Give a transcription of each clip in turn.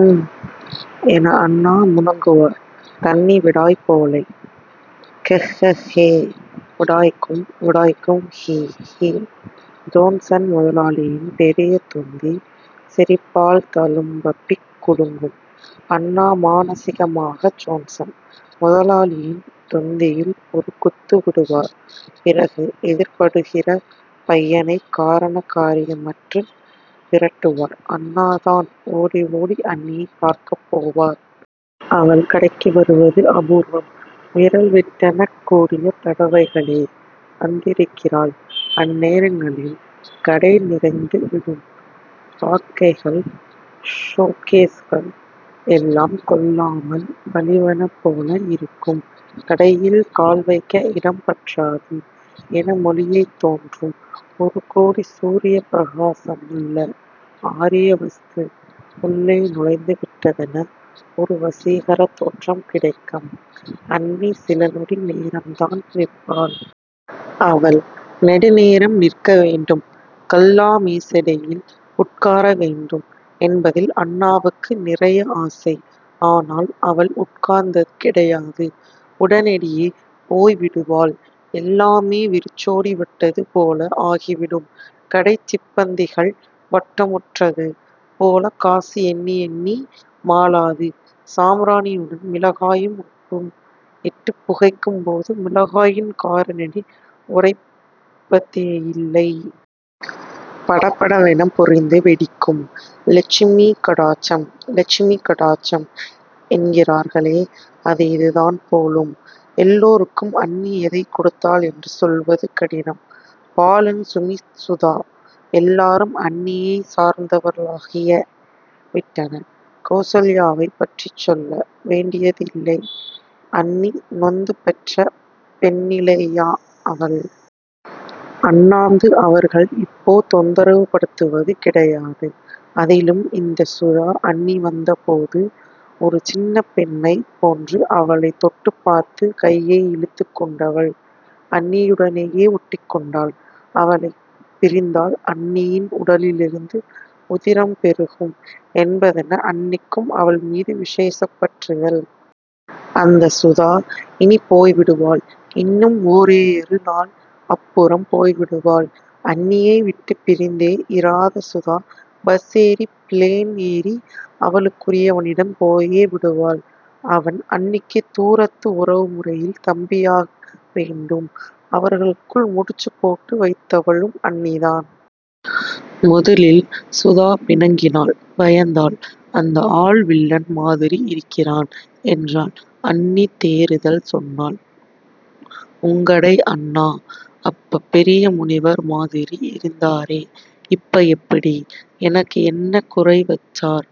ஊம் என அண்ணா முனகுவார். தண்ணி விடாய் போலை.. கெஹ்கெஹ்ஹே... விடாய்க்கும் விடாய்க்கும் ஹி... ஹி.ஜோன்சன் முதலாளியின் பெரிய தொந்தி சிரிப்பால் தழுமபிக் குலுங்கும் அண்ணா மானசீகமாக ஜோன்சன் முதலாளியின் தொந்தியில் ஒரு குத்து விடுவார். பிறகு, எதிர்படுகிற பையனை காரண காரியமற்று விரட்டுவார். அண்ணா தான் ஓடிஓடி அண்ணியைப் பார்க்கப் போவார். அவள் கடைக்கு வருவது அபூர்வம். விரல் விட்டெண்ணக் கூடிய தடவைகளே வந்திருக்கிறாள். அந்நேரங்களில் கடை நிறைந்து விடும். றாக்கைகள் ஷோகேஸ்கள் எல்லாம் கொள்ளாமல் வழிவன போல இருக்கும். கடையில் கால்வைக்க இடம் பற்றாது என மொழியத் தோன்றும். ஒரு கோடி சூரியப் பிரகாசமுள்ள ஆரிய வஸ்து உள்ளே நுழைந்து விட்டதென ஒரு வசீகரத் தோற்றம் கிடைக்கம் அண்ணி சிலநொடி நேரம்தான் நிற்பாள். அவள் நெடுநேரம் நிற்க வேண்டும் கல்லா மேசையடியில் உட்கார வேண்டும், என்பதில் அண்ணாவுக்கு நிறைய ஆசை. ஆனால் அவள் உட்கார்ந்தது கிடையாது, உடனேயே போய் விடுவாள். எல்லாமே வெறிச்சோடி விட்டது போல ஆகிவிடும் கடைச் சிப்பந்திகள் வாட்டமுற்றது போலக் காசு எண்ணியெண்ணி மாளாது. சாம்பிராணியுடன் மிளகாயும் உப்பும் இட்டுப் புகைக்கும் போது மிளகாயின் காரநெடி உறைப்பதேயில்லை. படபடவென பொரிந்து வெடிக்கும். இலட்சுமி கடாட்சம்... இலட்சுமி கடாட்சம் என்கிறார்களே அது இதுதான் போலும் எல்லோருக்கும் அண்ணி எதைக் கொடுத்தாள் என்று சொல்வது கடினம் பாலன் சுமி சுதா எல்லாரும் அண்ணியைச் சார்ந்தவர்களாகிய விட்டனர். கெளசல்யாவைப் பற்றிச் சொல்ல வேண்டியதேயில்லை. அண்ணி நொந்து பெற்ற பெண்ணிலையா அவள்? அண்ணாந்து அவர்கள் இப்போ தொந்தரவு படுத்துவது கிடையாது. அதிலும் இந்தச் சுதா அண்ணி வந்த போது ஒரு சின்னப்பெண்ணைப் போன்று அவளைத் தொட்டுப் பார்த்து கையை இழுத்துக் கொண்டவள் அண்ணியுடனேயே ஒட்டிக்கொண்டாள். அவளைப் பிரிந்தால் அண்ணியின் உடலிலிருந்து உதிரம் பெருகும் என்பதென அண்ணிக்கும் அவள் மீது விசேஷப்பற்றுதல். அந்த சுதா இனிப் போய்விடுவாள். இன்னும் ஒரேயரு நாள். அப்புறம் போய்விடுவாள். அண்ணியை விட்டுப் பிரிந்தே இராத சுதா பஸ் ஏறி.... பிளேன் ஏறி அவளுக்குரியவனிடம் போயே விடுவாள். அவன் அண்ணிக்கு தூரத்து உறவுமுறையில் தம்பியாக வேண்டும். அவர்களுக்குள் முடிச்சுப் போட்டு வைத்தவளும் அண்ணி தான். முதுலில் சுதா பிணங்கினாள் பயந்தாள். அந்த ஆள் வில்லன் மாதிரி இருக்கிறான்... என்றாள். அண்ணி தேறுதல் சொன்னாள். உங்கடை அண்ணா.... அப்ப பெரிய முனிவர் மாதிரி இருந்தாரே.. இப்ப எப்பிடி? எனக்கு என்ன குறைவைச்சார்....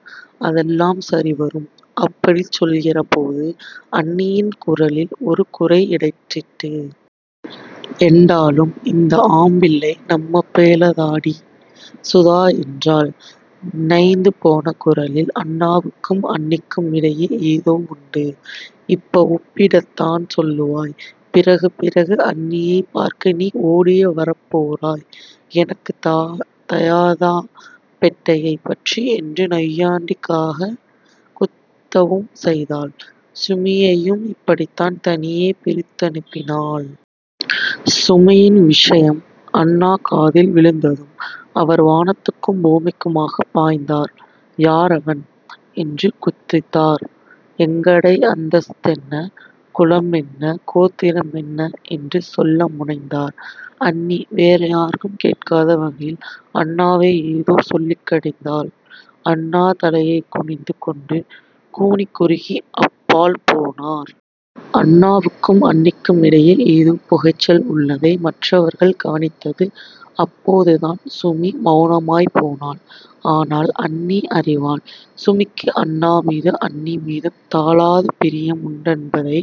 அதெல்லாம் சரிவரும்....அப்படிச் சொல்கிற போது அண்ணியின் குரலில் ஒரு குறை இடறிற்று. எண்டாலும்... இந்த ஆம்பிள்ளை நம்பபேலாதடி.... சுதா என்றாள் நைந்துபோன குரலில். அண்ணாவுக்கும் அண்ணிக்குமிடையே ஏதோ உண்டு இப்ப உப்பிடித்தான் சொல்லுவாய்... பிறகுபிறகு அண்ணியை பார்க்க நீ ஓடியா வரப்போறாய்.... எனக்குத் தயாதா பெட்டையைப் பற்றி. என்று நையாண்டிகாகக் குத்தவும் செய்தாள். சுமியையும் இப்படித்தான் தனியே பிரித்தணுப்பினாள். சுமியின் விஷயம் அண்ணா காதில் விழுந்ததும் அவர் வானத்துக்கும் பூமிக்குமாகப் பாய்ந்தார். யாரவன்? என்று குதித்தார். எங்கடை அந்தஸ்தென்ன.... குலமென்ன கோத்திரமென்னஎன்று சொல்ல முனைந்தார். அண்ணி வேறுயாரும் கேட்காத வகையில் அண்ணாவை ஏதோ சொல்லிக் கடிந்தாள். அண்ணா தலையைக் குனிந்து கொண்டு கூனிக் குறுகி அப்பால் போனார். அண்ணாவுக்கும் அண்ணிக்குமிடையே ஏதோ புகைச்சல் உள்ளதை மற்றவர்கள் கவனித்தது அப்போதுதான். சுமி மெளனமாய்ப் போனாள். ஆனால் அண்ணி அறிவாள் சுமிக்கு அண்ணாமீதும் அண்ணிமீதும் தாளாத பிரியம் உண்டென்பதை.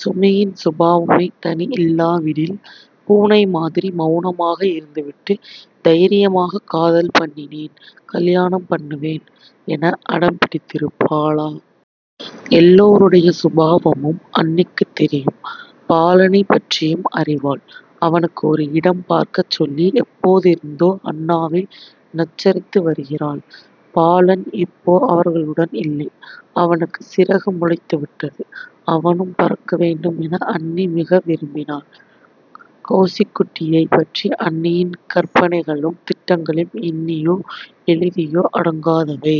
சுமியின் சுபாவமே தனி. இல்லாவிடில் பூனை மாதிரி மெளனமாக இருந்துவிட்டு தைரியமாகக் காதல் பண்ணினேன் கல்யாணம் பண்ணுவேன் என அடம் பிடித்திருப்பாளா? எல்லோருடைய சுபாவமும் அண்ணிக்குத் தெரியும். பாலனைப் பற்றியும் அறிவாள். அவனுக்கும் ஒரு இடம் பார்க்கச் சொல்லி எப்போதிருந்தோ அண்ணாவை நச்சரித்து வருகிறாள். பாலன் இப்போ அவர்களுடன் இல்லை. அவனுக்குச் சிறகு முளைத்துவிட்டது. அவனும் பறக்க வேண்டும் என அண்ணி மிக விரும்பினாள். கெளசிக்குட்டியைப் பற்றி அண்ணியின் கற்பனைகளும் திட்டங்களும் எண்ணியோ எழுதியோ அடங்காதவை.